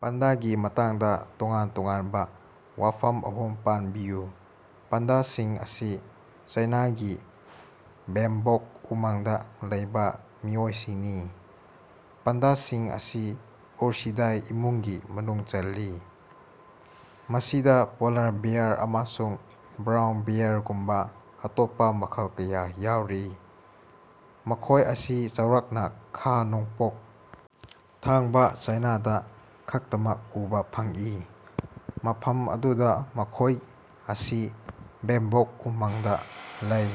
ꯄꯥꯟꯗꯥꯒꯤ ꯃꯇꯥꯡꯗꯥ ꯇꯣꯉꯥꯟ-ꯇꯣꯉꯥꯟꯕꯥ ꯋꯥꯐꯝ ꯑꯍꯨꯝ ꯄꯟꯕꯤꯌꯨ꯫ ꯄꯥꯟꯗꯥꯁꯤꯡ ꯑꯁꯤ ꯆꯥꯏꯅꯥꯒꯤ ꯕꯦꯝꯕꯣꯛ ꯎꯃꯪꯗꯥ ꯂꯩꯕꯥ ꯃꯤꯑꯣꯏꯁꯤꯡꯅꯤ꯫ ꯄꯥꯟꯗꯥꯁꯤꯡ ꯑꯁꯤ ꯎꯔꯁꯤꯗꯥꯏ ꯏꯃꯨꯡꯒꯤ ꯃꯅꯨꯡ ꯆꯜꯂꯤ, ꯃꯁꯤꯗꯥ ꯄꯣꯂꯥꯔ ꯕꯦꯌꯥꯔ ꯑꯃꯁꯨꯡ ꯕ꯭ꯔꯥꯎꯟ ꯕꯦꯌꯔꯒꯨꯝꯕꯥ ꯑꯇꯣꯞꯄꯥ ꯃꯈꯜ ꯀꯌꯥ ꯌꯥꯎꯔꯤ꯫ ꯃꯈꯣꯏ ꯑꯁꯤ ꯆꯥꯎꯔꯥꯛꯅꯥ ꯈꯥ-ꯅꯣꯡꯄꯣꯛ ꯊꯪꯕꯥ ꯆꯥꯏꯅꯥꯗ ꯈꯛꯇꯃꯛ ꯎꯕꯥ ꯐꯪꯏ ꯃꯐꯝ ꯑꯗꯨꯗꯥ ꯃꯈꯣꯏ ꯑꯁꯤ ꯕꯦꯝꯕꯣꯛ ꯎꯃꯪꯗꯥ ꯂꯩ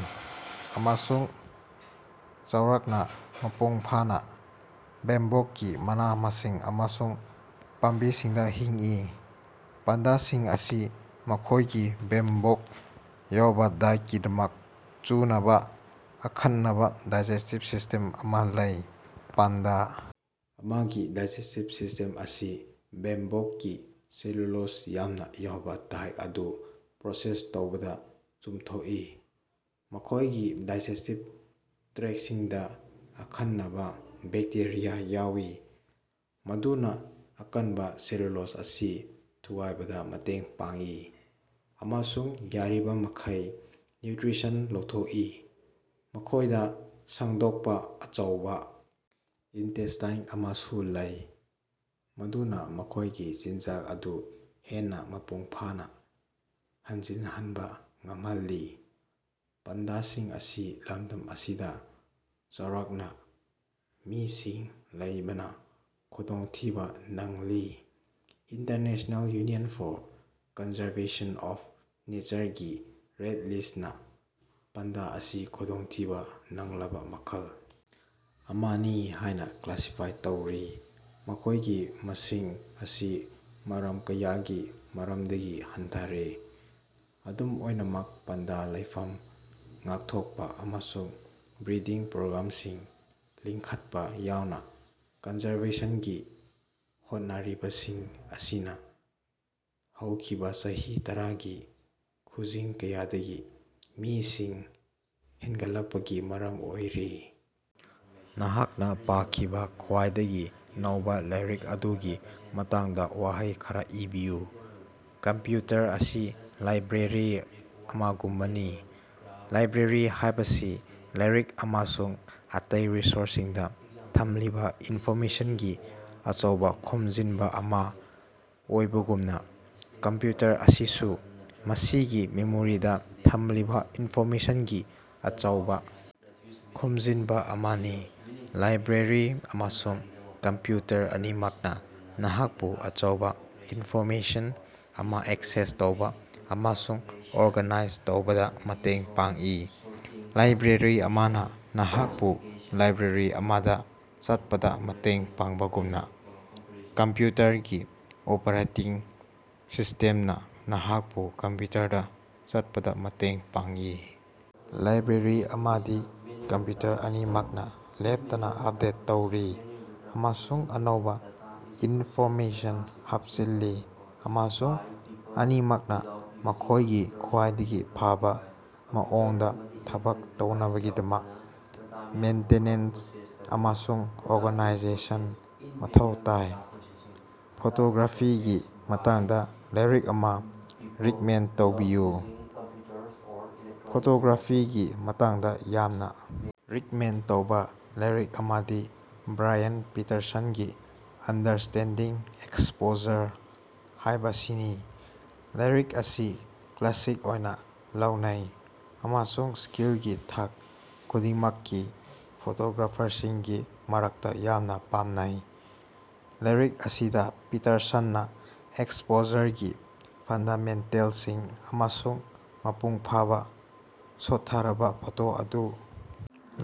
ꯑꯃꯁꯨꯡ ꯆꯥꯎꯔꯥꯛꯅꯥ ꯃꯄꯨꯡꯐꯥꯅꯥ ꯕꯦꯝꯕꯣꯛꯀꯤ ꯃꯅꯥ-ꯃꯁꯤꯡ ꯑꯃꯁꯨꯡ ꯄꯥꯝꯕꯤꯁꯤꯡꯗꯥ ꯍꯤꯡꯏ꯫ ꯄꯥꯟꯗꯥꯁꯤꯡ ꯑꯁꯤ ꯃꯈꯣꯏꯒꯤ ꯕꯦꯝꯕꯣꯛ ꯌꯥꯎꯕꯥ ꯗꯥꯏꯠꯀꯤꯗꯃꯛ ꯆꯨꯅꯕꯥ ꯑꯈꯟꯅꯕꯥ ꯗꯥꯏꯖꯦꯁꯇꯤꯞ ꯁꯤꯁꯇꯦꯝ ꯑꯃꯥ ꯂꯩ꯫ ꯄꯥꯟꯗꯥ ꯑꯃꯒꯤ ꯗꯥꯏꯖꯦꯁꯇꯤꯞ ꯁꯤꯁꯇꯦꯝ ꯑꯁꯤ ꯕꯦꯝꯕꯣꯛꯀꯤ ꯁꯦꯂꯨꯂꯣꯖ ꯌꯥꯝꯅꯥ ꯌꯥꯎꯕꯥ ꯗꯥꯏꯠ ꯑꯗꯨ ꯄ꯭ꯔꯣꯁꯦꯁ ꯇꯧꯕꯗꯥ ꯆꯨꯝꯊꯣꯛꯏ꯫ ꯃꯈꯣꯏꯒꯤ ꯗꯥꯏꯖꯦꯁꯇꯤꯞ ꯇ꯭ꯔꯦꯛꯁꯤꯡꯗꯥ ꯑꯈꯟꯅꯕꯥ ꯕꯦꯛꯇꯦꯔꯤꯌꯥ ꯌꯥꯎꯏ ꯃꯗꯨꯅꯥ ꯑꯀꯟꯕꯥ ꯁꯦꯂꯨꯂꯣꯖ ꯑꯁꯤ ꯊꯨꯒꯥꯏꯕꯗꯥ ꯃꯇꯦꯡ ꯄꯥꯡꯏ ꯑꯃꯁꯨꯡ ꯌꯥꯔꯤꯕꯃꯈꯩ ꯅ꯭ꯌꯨꯇ꯭ꯔꯤꯁꯟ ꯂꯧꯊꯣꯛꯏ꯫ ꯃꯈꯣꯏꯗꯥ ꯁꯥꯡꯗꯣꯛꯄꯥ ꯑꯆꯧꯕꯥ ꯏꯟꯇꯦꯁꯇꯥꯏꯟ ꯑꯃꯁꯨ ꯂꯩ, ꯃꯗꯨꯅꯥ ꯃꯈꯣꯏꯒꯤ ꯆꯤꯟꯖꯥꯛ ꯑꯗꯨ ꯍꯦꯟꯅꯥ ꯃꯄꯨꯡꯐꯥꯅꯥ ꯍꯟꯖꯤꯟꯍꯟꯕꯥ ꯉꯝꯍꯜꯂꯤ꯫ ꯄꯥꯟꯗꯥꯁꯤꯡ ꯑꯁꯤ ꯂꯝꯗꯝ ꯑꯁꯤꯗꯥ ꯆꯥꯎꯔꯥꯛꯅꯥ ꯃꯤꯁꯤꯡ ꯂꯩꯕꯅꯥ ꯈꯨꯗꯣꯡꯊꯤꯕꯥ ꯅꯪꯂꯤ꯫ International union for conservation of ꯅꯦꯆꯔꯒꯤ ꯔꯦꯠ ꯂꯤꯁꯅꯥ ꯄꯥꯟꯗꯥ ꯑꯁꯤ ꯈꯨꯗꯣꯡꯊꯤꯕꯥ ꯅꯪꯂꯕꯥ ꯃꯈꯜ ꯑꯃꯅꯤ ꯍꯥꯏꯅꯥ ꯀ꯭ꯂꯥꯁꯤꯐꯥꯏ ꯇꯧꯔꯤ, ꯃꯈꯣꯏꯒꯤ ꯃꯁꯤꯡ ꯑꯁꯤ ꯃꯔꯝ ꯀꯌꯥꯒꯤ ꯃꯔꯝꯗꯒꯤ ꯍꯟꯊꯔꯦ꯫ ꯑꯗꯨꯝ ꯑꯣꯏꯅꯃꯛ, ꯄꯥꯟꯗꯥ ꯂꯩꯐꯝ ꯉꯥꯛꯊꯣꯛꯄꯥ ꯑꯃꯁꯨꯡ ꯕ꯭ꯔꯤꯗꯤꯡ ꯄ꯭ꯔꯣꯒ꯭ꯔꯥꯝꯁꯤꯡ ꯂꯤꯡꯈꯠꯄꯥ ꯌꯥꯎꯅꯥ ꯀꯟꯖꯔꯕꯦꯁꯟꯒꯤ ꯍꯣꯠꯅꯔꯤꯕꯁꯤꯡ ꯑꯁꯤꯅꯥ ꯍꯧꯈꯤꯕꯥ ꯆꯍꯤ ꯇꯔꯥꯒꯤ ꯈꯨꯖꯤꯡ ꯀꯌꯥꯗꯒꯤ ꯃꯤꯁꯤꯡ ꯍꯦꯟꯒꯠꯂꯛꯄꯒꯤ ꯃꯔꯝ ꯑꯣꯏꯔꯤ꯫ ꯅꯍꯥꯛꯅꯥ ꯄꯥꯈꯤꯕꯥ ꯈ꯭ꯋꯥꯏꯗꯒꯤ ꯅꯧꯕꯥ ꯂꯥꯏꯔꯤꯛ ꯑꯗꯨꯒꯤ ꯃꯇꯥꯡꯗꯥ ꯋꯥꯍꯩ ꯈꯔꯥ ꯏꯕꯤꯌꯨ꯫ ꯀꯝꯄ꯭ꯌꯨꯇꯔ ꯑꯁꯤ ꯂꯥꯏꯕ꯭ꯔꯦꯔꯤ ꯑꯃꯒꯨꯝꯕꯅꯤ꯫ ꯂꯥꯏꯕ꯭ꯔꯦꯔꯤ ꯍꯥꯏꯕꯁꯤ ꯂꯥꯏꯔꯤꯛ ꯑꯃꯁꯨꯡ ꯑꯇꯩ ꯔꯤꯁꯣꯔꯁꯁꯤꯡꯗꯥ ꯊꯝꯂꯤꯕꯥ ꯏꯟꯐꯣꯔꯃꯦꯁꯟꯒꯤ ꯑꯆꯧꯕꯥ ꯈꯣꯝꯖꯤꯟꯕꯥ ꯑꯃꯥ ꯑꯣꯏꯕꯒꯨꯝꯅꯥ, ꯀꯝꯄ꯭ꯌꯨꯇꯔ ꯑꯁꯤꯁꯨ ꯃꯁꯤꯒꯤ ꯃꯦꯃꯣꯔꯤꯗꯥ ꯊꯝꯂꯤꯕꯥ ꯏꯟꯐꯣꯔꯃꯦꯁꯟꯒꯤ ꯑꯆꯧꯕꯥ ꯈꯣꯝꯖꯤꯟꯕꯥ ꯑꯃꯅꯤ꯫ ꯂꯥꯏꯕ꯭ꯔꯦꯔꯤ ꯑꯃꯁꯨꯡ ꯀꯝꯄ꯭ꯌꯨꯇꯔ ꯑꯅꯤꯃꯛꯅꯥ ꯅꯍꯥꯛꯄꯨ ꯑꯆꯧꯕꯥ ꯏꯟꯐꯣꯔꯃꯦꯁꯟ ꯑꯃꯥ ꯑꯦꯛꯁꯦꯁ ꯇꯧꯕꯥ ꯑꯃꯁꯨꯡ ꯑꯣꯔꯒꯥꯅꯥꯏꯖ ꯇꯧꯕꯗꯥ ꯃꯇꯦꯡ ꯄꯥꯡꯏ꯫ ꯂꯥꯏꯕ꯭ꯔꯦꯔꯤ ꯑꯃꯅꯥ ꯅꯍꯥꯛꯄꯨ ꯂꯥꯏꯕ꯭ꯔꯦꯔꯤ ꯑꯃꯗꯥ ꯆꯠꯄꯗꯥ ꯃꯇꯦꯡ ꯄꯥꯡꯕꯒꯨꯝꯅꯥ, ꯀꯝꯄ꯭ꯌꯨꯇꯔꯒꯤ ꯑꯣꯄꯔꯦꯇꯤꯡ ꯁꯤꯁꯇꯦꯝꯅꯥ ꯅꯍꯥꯛꯄꯨ ꯀꯝꯄ꯭ꯌꯨꯇꯔꯗꯥ ꯆꯠꯄꯗꯥ ꯃꯇꯦꯡ ꯄꯥꯡꯏ꯫ ꯂꯥꯏꯕ꯭ꯔꯦꯔꯤ ꯑꯃꯗꯤ ꯀꯝꯄ꯭ꯌꯨꯇꯔ ꯑꯅꯤꯃꯛꯅꯥ ꯂꯦꯞꯇꯅꯥ ꯑꯞꯗꯦꯠ ꯇꯧꯔꯤ ꯑꯃꯁꯨꯡ ꯑꯅꯧꯕꯥ ꯏꯟꯐꯣꯔꯃꯦꯁꯟ ꯍꯥꯞꯆꯤꯜꯂꯤ ꯑꯃꯁꯨꯡ ꯑꯅꯤꯃꯛꯅꯥ ꯃꯈꯣꯏꯒꯤ ꯈ꯭ꯋꯥꯏꯗꯒꯤ ꯐꯕꯥ ꯃꯑꯣꯡꯗꯥ ꯊꯕꯛ ꯇꯧꯅꯕꯒꯤꯗꯃꯛ ꯃꯦꯟꯇꯦꯅꯦꯟꯁ ꯑꯃꯁꯨꯡ ꯑꯣꯔꯒꯥꯅꯥꯏꯖꯦꯁꯟ ꯃꯊꯧ ꯇꯥꯏ꯫ ꯐꯣꯇꯣꯒ꯭ꯔꯥꯐꯤꯒꯤ ꯃꯇꯥꯡꯗꯥ ꯂꯥꯏꯔꯤꯛ ꯑꯃꯥ ꯔꯤꯛꯃꯦꯟ ꯇꯧꯕꯤꯌꯨ꯫ ꯐꯣꯇꯣꯒ꯭ꯔꯥꯐꯤꯒꯤ ꯃꯇꯥꯡꯗꯥ ꯌꯥꯝꯅꯥ ꯔꯤꯛꯃꯦꯟ ꯇꯧꯕꯥ ꯂꯥꯏꯔꯤꯛ ꯑꯃꯗꯤ ꯕ꯭ꯔꯌꯥꯟ ꯄꯤꯇꯔꯁꯟꯒꯤ ꯑꯟꯗꯔꯁ꯭ꯇꯦꯟꯗꯤꯡ ꯑꯦꯛꯁꯄꯣꯖꯔ ꯍꯥꯏꯕꯁꯤꯅꯤ꯫ ꯂꯥꯏꯔꯤꯛ ꯑꯁꯤ ꯀ꯭ꯂꯥꯁꯤꯛ ꯑꯣꯏꯅꯥ ꯂꯧꯅꯩ ꯑꯃꯁꯨꯡ ꯁ꯭ꯀꯤꯜꯒꯤ ꯊꯥꯛ ꯈꯨꯗꯤꯡꯃꯛꯀꯤ ꯐꯣꯇꯣꯒ꯭ꯔꯥꯐꯔꯁꯤꯡꯒꯤ ꯃꯔꯛꯇꯥ ꯌꯥꯝꯅꯥ ꯄꯥꯝꯅꯩ꯫ ꯂꯥꯏꯔꯤꯛ ꯑꯁꯤꯗꯥ ꯄꯤꯇꯔꯁꯟꯅꯥ ꯑꯦꯛꯁꯄꯣꯖꯔꯒꯤ ꯐꯟꯗꯥꯃꯦꯟꯇꯦꯜꯁꯤꯡ ꯑꯃꯁꯨꯡ ꯃꯄꯨꯡ ꯐꯥꯕꯥ ꯁꯣꯠꯊꯔꯕꯥ ꯐꯣꯇꯣ ꯑꯗꯨ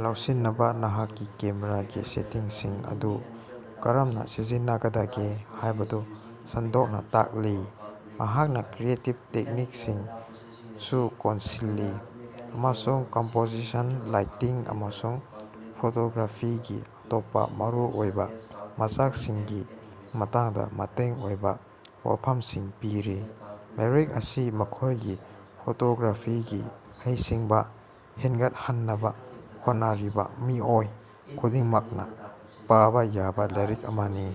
ꯂꯧꯁꯤꯟꯅꯕꯥ ꯅꯍꯥꯛꯀꯤ ꯀꯦꯃꯦꯔꯥꯒꯤ ꯁꯦꯇꯤꯡꯁꯤꯡ ꯑꯗꯨ ꯀꯔꯝꯅꯥ ꯁꯤꯖꯤꯟꯅꯒꯗꯒꯦ ꯍꯥꯏꯕꯗꯨ ꯁꯟꯗꯣꯛꯅꯥ ꯇꯥꯛꯂꯤ꯫ ꯃꯍꯥꯛꯅꯥ ꯀ꯭ꯔꯤꯌꯦꯇꯤꯞ ꯇꯦꯛꯅꯤꯛꯁꯤꯡꯁꯨ ꯀꯣꯟꯁꯤꯜꯂꯤ ꯑꯃꯁꯨꯡ ꯀꯝꯄꯣꯖꯤꯁꯟ, ꯂꯥꯏꯇꯤꯡ ꯑꯃꯁꯨꯡ ꯐꯣꯇꯣꯒ꯭ꯔꯥꯐꯤꯒꯤ ꯑꯇꯣꯞꯄꯥ ꯃꯔꯨꯑꯣꯏꯕꯥ ꯃꯆꯥꯛꯁꯤꯡꯒꯤ ꯃꯇꯥꯡꯗꯥ ꯃꯇꯦꯡ ꯑꯣꯏꯕꯥ ꯋꯥꯐꯝꯁꯤꯡ ꯄꯤꯔꯤ꯫ ꯂꯥꯏꯔꯤꯛ ꯑꯁꯤ ꯃꯈꯣꯏꯒꯤ ꯐꯣꯇꯣꯒ꯭ꯔꯥꯐꯤꯒꯤ ꯍꯩꯁꯤꯡꯕꯥ ꯍꯦꯟꯒꯠꯍꯟꯅꯕꯥ ꯍꯣꯠꯅꯔꯤꯕꯥ ꯃꯤꯑꯣꯏ ꯈꯨꯗꯤꯡꯃꯛꯅꯥ ꯄꯥꯕꯥ ꯌꯥꯕꯥ ꯂꯥꯏꯔꯤꯛ ꯑꯃꯅꯤ꯫